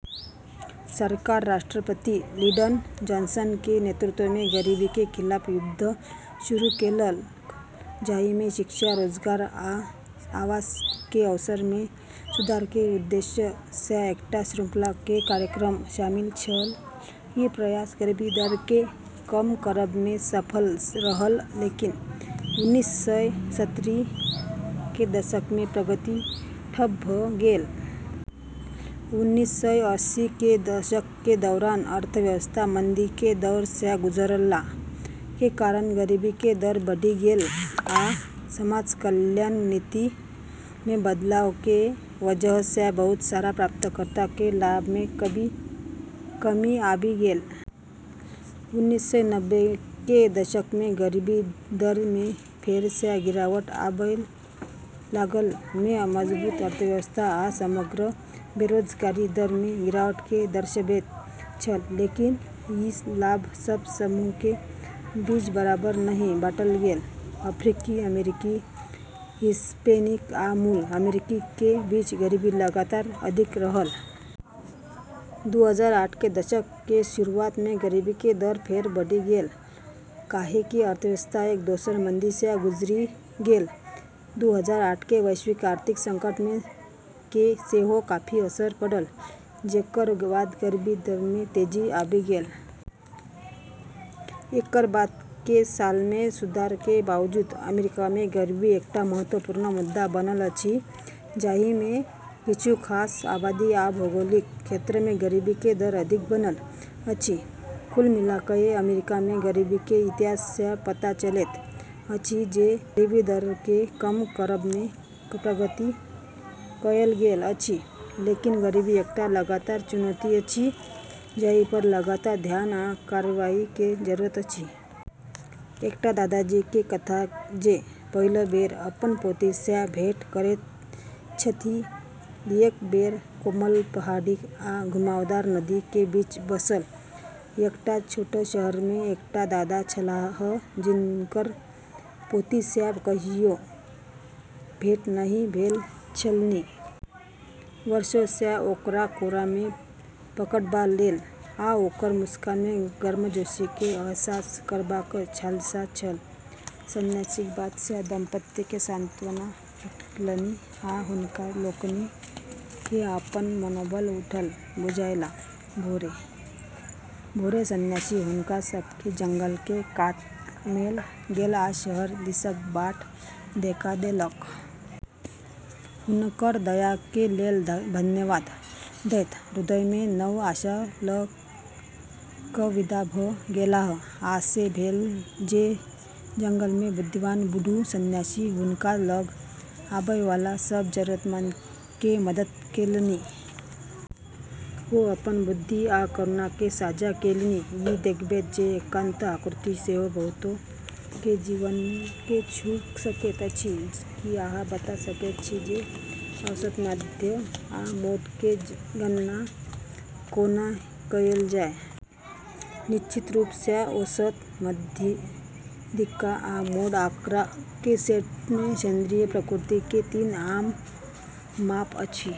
सरकार राष्ट्रपति Lyndon Johnson के नेतृत्व मे गरीबी के खिलाफ युद्ध शुरू केलक, जाहि मे शिक्षा, रोजगार, आ आवास के अवसर मे सुधार के उद्देश्य सँ एकटा श्रृंखला के कार्यक्रम शामिल छल। ई प्रयास गरीबी दर के कम करब मे सफल रहल, लेकिन उन्नीस सय सत्तरी के दशक मे प्रगति ठप भ गेल। उन्नीस सय अस्सी के दशक के दौरान अर्थव्यवस्था मंदी के दौर सँ गुजरला के कारण गरीबी के दर बढ़ि गेल आ समाज कल्याण नीति मे बदलाव के वजह सँ बहुत सारा प्राप्तकर्ता के लाभ मे कमी आबि गेल। उन्नीस सय नब्बे के दशक मे गरीबी दर मे फेर सँ गिरावट आबय लागल, जे मजबूत अर्थव्यवस्था आ समग्र बेरोजगारी दर मे गिरावट के दर्शबैत छल। लेकिन ई लाभ सब समूह के बीच बराबर नहि बाँटल गेल, अफ्रीकी अमेरिकी, हिस्पैनिक आ मूल अमेरिकी के बीच गरीबी लगातार अधिक रहल। दू हजार आठ के दशक के शुरुआत मे गरीबी के दर फेर बढ़ि गेल, काहे कि अर्थव्यवस्था एक दोसर मंदी सँ गुजरि गेल। दू हजार आठ के वैश्विक आर्थिक संकट के सेहो काफी असर पड़ल, जेकर बाद गरीबी दर मे तेजी आबि गेल। एकर बाद के साल मे सुधार के बावजूद, अमेरिका मे गरीबी एकटा महत्वपूर्ण मुद्दा बनल अछि, जाहि मे किछु खास आबादी आ भौगोलिक क्षेत्र मे गरीबी के दर अधिक बनल अछि। कुल मिला कए अमेरिका मे गरीबी के इतिहास सँ पता चलैत अछि जे गरीबी दर के कम करब मे प्रगति कएल गेल अछि, लेकिन गरीबी एकटा लगातार चुनौती अछि जाहि पर लगातार ध्यान आ कार्रवाई के जरूरत अछि। एकटा दादाजी के कथा जे पहिल बेर अपन पोती सँ भेंट करैत छथि। एक बेर कोमल पहाड़ी आ घुमावदार नदी के बीच बसल एकटा छोट शहर मे एकटा दादा छलाह जिनकर पोती सँ कहियो भेंट नहि भेल छलनि। वर्षो सँ ओकरा कोरा मे पकड़बा लेल आ ओकर मुस्कान के गर्मजोशी के अहसास करबाक लालसा छल। संन्यासीक बात सँ दंपति के सान्त्वना भेटलनि आ हुनका लोकनि के अपन मनोबल उठल बुझायल। भोरे संन्यासी हुनका सभ के जंगल के कात मे ल' गेल आ शहर दिसक बाट देखा देलक। हुनकर दया के लेल धन्यवाद दैत हृदय मे नव आशा ल' क' विदा भ गेलाह। आ से भेल जे जंगल मे बुद्धिमान बूढ़ संन्यासी हुनका लग आबय वाला सब जरूरतमंद के मदद केलनि। ओ अपन बुद्धि आ करुणा के साझा केलनि, ई देखबैत जे एकांत आकृति सेहो बहुतो के जीवन के छू सकैत अछि। की अहाँ बता सकैत छी जे औसत माध्य आ मोड के गणना कोना कएल जाय। निश्चित रूप सँ। औसत, माध्यिका, आ मोड आँकड़ा के सेट मे केंद्रीय प्रवृत्ति के तीन आम माप अछि।